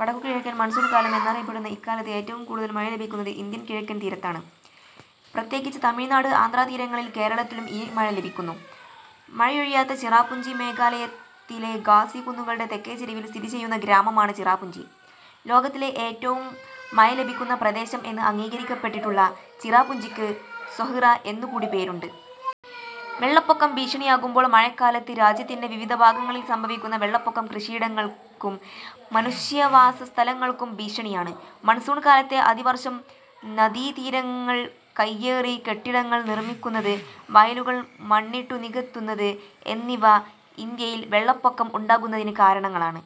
വടക്കുകിഴക്കൻ മൺസൂൺ കാലം എന്നറിയപ്പെടുന്ന ഇക്കാലത്ത് ഏറ്റവും കൂടുതൽ മഴ ലഭിക്കുന്നത് ഇന്ത്യയുടെ കിഴക്കൻ തീരത്താണ്, പ്രത്യേകിച്ച് തമിഴ്നാട്, ആന്ധ്രാതീരങ്ങളിൽ. കേരളത്തിലും ഈ മഴ ലഭിക്കുന്നു. മഴയൊഴിയാത്ത ചിറാപുഞ്ചി മേഘാലയത്തിലെ ഖാസി കുന്നുകളുടെ തെക്കേചരിവിൽ സ്ഥിതി ചെയ്യുന്ന ഗ്രാമമാണ് ചിറാപുഞ്ചി. ലോകത്തിലെ ഏറ്റവും മഴ ലഭിക്കുന്ന പ്രദേശം എന്ന് അംഗീകരിക്കപ്പെട്ടിട്ടുള്ള ചിറാപുഞ്ചിക്ക് സൊഹ്റ എന്നുകൂടി പേരുണ്ട്. വെള്ളപ്പൊക്കം ഭീഷണിയാകുമ്പോൾ... മഴക്കാലത്ത് രാജ്യത്തിന്റെ വിവിധഭാഗങ്ങളിൽ സംഭവിക്കുന്ന വെള്ളപ്പൊക്കം കൃഷിയിടങ്ങൾക്കും മനുഷ്യവാസസ്ഥലങ്ങൾക്കും ഭീഷണിയാണ്. മൺസൂൺ കാലത്തെ അതിവർഷം, നദീതീരങ്ങൾ കയ്യേറി കെട്ടിടങ്ങൾ നിർമിക്കുന്നത്, വയലുകൾ മണ്ണിട്ടു നികത്തുന്നത് എന്നിവ ഇന്ത്യയിൽ വെള്ളപ്പൊക്കം ഉണ്ടാകുന്നതിനു കാരണങ്ങളാണ്.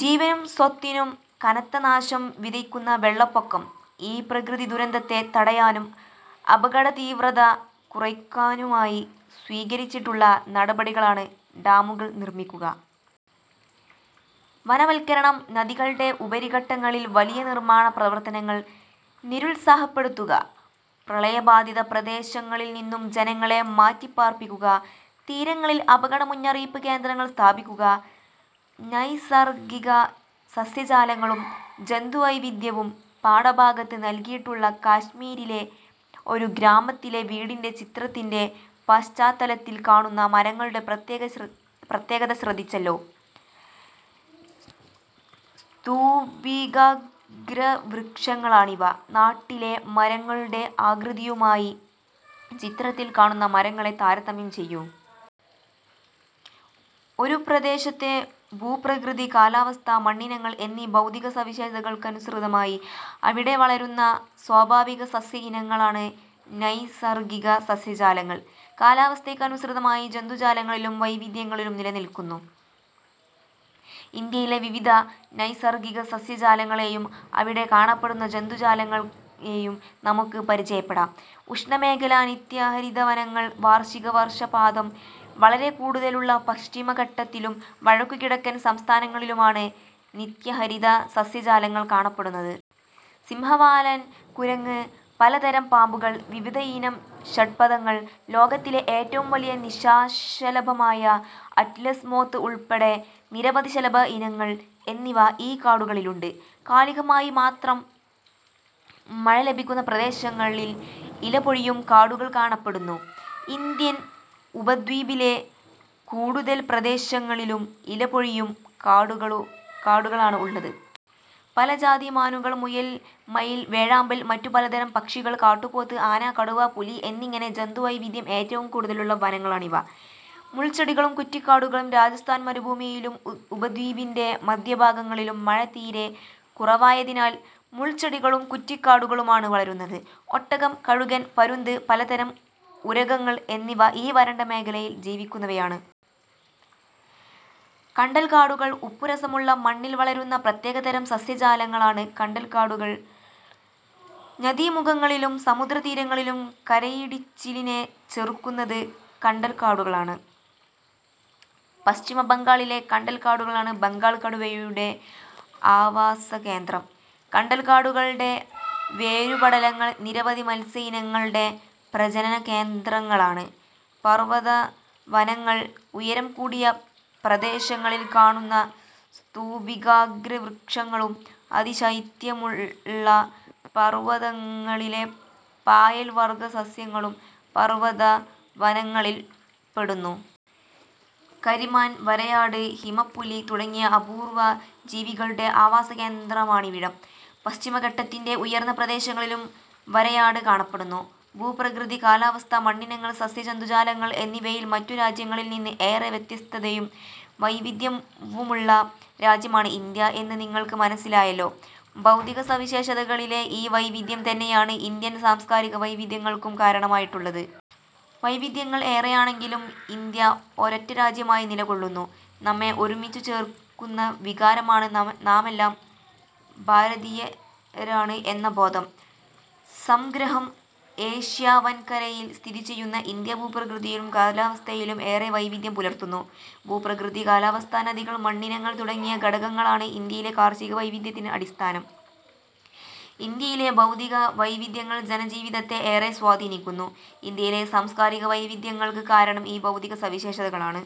ജീവനും സ്വത്തിനും കനത്ത നാശം വിതയ്ക്കുന്ന വെള്ളപ്പൊക്കം ഈ പ്രകൃതി ദുരന്തത്തെ തടയാനും അപകടതീവ്രത കുറയ്ക്കാനുമായി സ്വീകരിച്ചിട്ടുള്ള നടപടികളാണ്, ഡാമുകൾ നിർമ്മിക്കുക. വനവൽക്കരണം. നദികളുടെ ഉപരിഘട്ടങ്ങളിൽ വലിയ നിർമാണ പ്രവർത്തനങ്ങൾ നിരുത്സാഹപ്പെടുത്തുക. പ്രളയബാധിത പ്രദേശങ്ങളിൽനിന്നും ജനങ്ങളെ മാറ്റിപ്പാർപ്പിക്കുക. തീരങ്ങളിൽ അപകട മുന്നറിയിപ്പ് കേന്ദ്രങ്ങൾ സ്ഥാപിക്കുക. നൈസർഗിക സസ്യജാലങ്ങളും ജന്തുവൈവിധ്യവും പാഠഭാഗത്ത് നൽകിയിട്ടുള്ള കാശ്മീരിലെ ഒരു ഗ്രാമത്തിലെ വീടിന്റെ ചിത്രത്തിന്റെ പശ്ചാത്തലത്തിൽ കാണുന്ന മരങ്ങളുടെ പ്രത്യേകത ശ്രദ്ധിച്ചില്ലേ? സ്തൂപികാഗ്രവൃക്ഷങ്ങളാണിവ. നാട്ടിലെ മരങ്ങളുടെ ആകൃതിയുമായി ചിത്രത്തിൽ കാണുന്ന മരങ്ങളെ താരതമ്യം ചെയ്യൂ. ഒരു പ്രദേശത്തെ ഭൂപ്രകൃതി, കാലാവസ്ഥ, മണ്ണിനങ്ങൾ എന്നീ ഭൗതിക സവിശേഷതകൾക്കനുസൃതമായി അവിടെ വളരുന്ന സ്വാഭാവിക സസ്യഇനങ്ങളാണ് നൈസർഗിക സസ്യജാലങ്ങൾ. കാലാവസ്ഥയ്ക്ക് അനുസൃതമായി ജന്തുജാലങ്ങളിലും വൈവിധ്യങ്ങൾ നിലനിൽക്കുന്നു. ഇന്ത്യയിലെ വിവിധ നൈസർഗിക സസ്യജാലങ്ങളെയും അവിടെ കാണപ്പെടുന്ന ജന്തു ജാലങ്ങളെയും നമുക്ക് പരിചയപ്പെടാം. ഉഷ്ണമേഖലാ നിത്യഹരിതവനങ്ങൾ വാർഷിക വർഷപാതം വളരെ കൂടുതലുള്ള പശ്ചിമഘട്ടത്തിലും വടക്കുകിഴക്കൻ സംസ്ഥാനങ്ങളിലുമാണ് നിത്യഹരിതസസ്യജാലങ്ങൾ കാണപ്പെടുന്നത്. സിംഹവാലൻ കുരങ്ങ്, പലതരം പാമ്പുകൾ, വിവിധയിനം ഷഡ്പദങ്ങൾ, ലോകത്തിലെ ഏറ്റവും വലിയ നിശാശലഭമായ അറ്റ്ലസ് മോത്ത് ഉൾപ്പെടെ നിരവധി ശലഭ ഇനങ്ങൾ എന്നിവ ഈ കാടുകളിലുണ്ട്. കാലികമായി മാത്രം മഴ ലഭിക്കുന്ന പ്രദേശങ്ങളിൽ ഇല പൊഴിയും കാടുകൾ കാണപ്പെടുന്നു. ഇന്ത്യൻ ഉപദ്വീപിലെ കൂടുതൽ പ്രദേശങ്ങളിലും ഇലപൊഴിയും കാടുകളാണ് ഉള്ളത്. പല ജാതി മാനുകൾ, മുയൽ, മയിൽ, വേഴാമ്പൽ, മറ്റു പലതരം പക്ഷികൾ, കാട്ടുപോത്ത്, ആന, കടുവ, പുലി എന്നിങ്ങനെ ജന്തു വൈവിധ്യം ഏറ്റവും കൂടുതലുള്ള വനങ്ങളാണിവ. മുൾച്ചെടികളും കുറ്റിക്കാടുകളും രാജസ്ഥാൻ മരുഭൂമിയിലും ഉപദ്വീപിന്റെ മധ്യഭാഗങ്ങളിലും മഴ തീരെ കുറവായതിനാൽ മുൾച്ചെടികളും കുറ്റിക്കാടുകളുമാണ് വളരുന്നത്. ഒട്ടകം, കഴുകൻ, പരുന്ത്, പലതരം ഉരഗങ്ങൾ എന്നിവ ഈ വരണ്ട മേഖലയിൽ ജീവിക്കുന്നവയാണ്. കണ്ടൽക്കാടുകൾ ഉപ്പുരസമുള്ള മണ്ണിൽ വളരുന്ന പ്രത്യേകതരം സസ്യജാലങ്ങളാണ് കണ്ടൽക്കാടുകൾ. നദീമുഖങ്ങളിലും സമുദ്രതീരങ്ങളിലും കരയിടിച്ചിലിനെ ചെറുക്കുന്നത് കണ്ടൽക്കാടുകളാണ്. പശ്ചിമബംഗാളിലെ കണ്ടൽക്കാടുകളാണ് ബംഗാൾ കടുവയുടെ ആവാസകേന്ദ്രം. കണ്ടൽക്കാടുകളുടെ വേരുപടലങ്ങൾ നിരവധി മത്സ്യയിനങ്ങളുടെ പ്രജനനകേന്ദ്രങ്ങളാണ്. പർവതവനങ്ങൾ ഉയരം കൂടിയ പ്രദേശങ്ങളിൽ കാണുന്ന സ്തൂപികാഗ്രവ്യക്ഷങ്ങളും അതിശൈത്യമുള്ള പർവതങ്ങളിലെ പായൽ വർഗ്ഗ സസ്യങ്ങളും പർവതവനങ്ങളിൽപ്പെടുന്നു. കരിമാൻ, വരയാട്, ഹിമപ്പുലി തുടങ്ങിയ അപൂർവ ജീവികളുടെ ആവാസകേന്ദ്രമാണിവിടം പശ്ചിമഘട്ടത്തിന്റെ ഉയർന്ന പ്രദേശങ്ങളിലും വരയാട് കാണപ്പെടുന്നു. ഭൂപ്രകൃതി, കാലാവസ്ഥ, മണ്ണിനങ്ങൾ, സസ്യജന്തുജാലങ്ങൾ എന്നിവയിൽ മറ്റുരാജ്യങ്ങളിൽനിന്ന് ഏറെ വ്യത്യസ്തതയും വൈവിധ്യവുമുള്ള രാജ്യമാണ് ഇന്ത്യ എന്ന് നിങ്ങൾക്ക് മനസിലായല്ലോ. ഭൗതിക സവിശേഷതകളിലെ ഈ വൈവിധ്യം തന്നെയാണ് ഇന്ത്യയിൽ സാംസ്കാരിക വൈവിധ്യങ്ങൾക്കും കാരണമായിട്ടുള്ളത്. വൈവിധ്യങ്ങൾ ഏറെയാണങ്കിലും ഇന്ത്യ ഒരൊറ്റരാജ്യമായി നിലകൊള്ളുന്നു. നമ്മെ ഒരുമിച്ചുചേർക്കുന്ന വികാരമാണ് നാമെല്ലാം ഭാരതീയരാണ് എന്ന ബോധം. സംഗ്രഹം ഏഷ്യാവൻകരയിൽ സ്ഥിതിചെയ്യുന്ന ഇന്ത്യ ഭൂപ്രകൃതിയിലും കാലാവസ്ഥയിലും ഏറെ വൈവിധ്യം പുലർത്തുന്നു. ഭൂപ്രകൃതി, കാലാവസ്ഥ, നദികൾ, മണ്ണിനങ്ങൾ തുടങ്ങിയ ഘടകങ്ങളാണ് ഇന്ത്യയിലെ കാർഷിക വൈവിധ്യത്തിന് അടിസ്ഥാനം. ഇന്ത്യയിലെ ഭൗതിക വൈവിധ്യങ്ങൾ ജനജീവിതത്തെ ഏറെ സ്വാധീനിക്കുന്നു. ഇന്ത്യയിലെ സാംസ്കാരിക വൈവിധ്യങ്ങൾക്ക് കാരണം ഈ ഭൗതിക സവിശേഷതകളാണ്.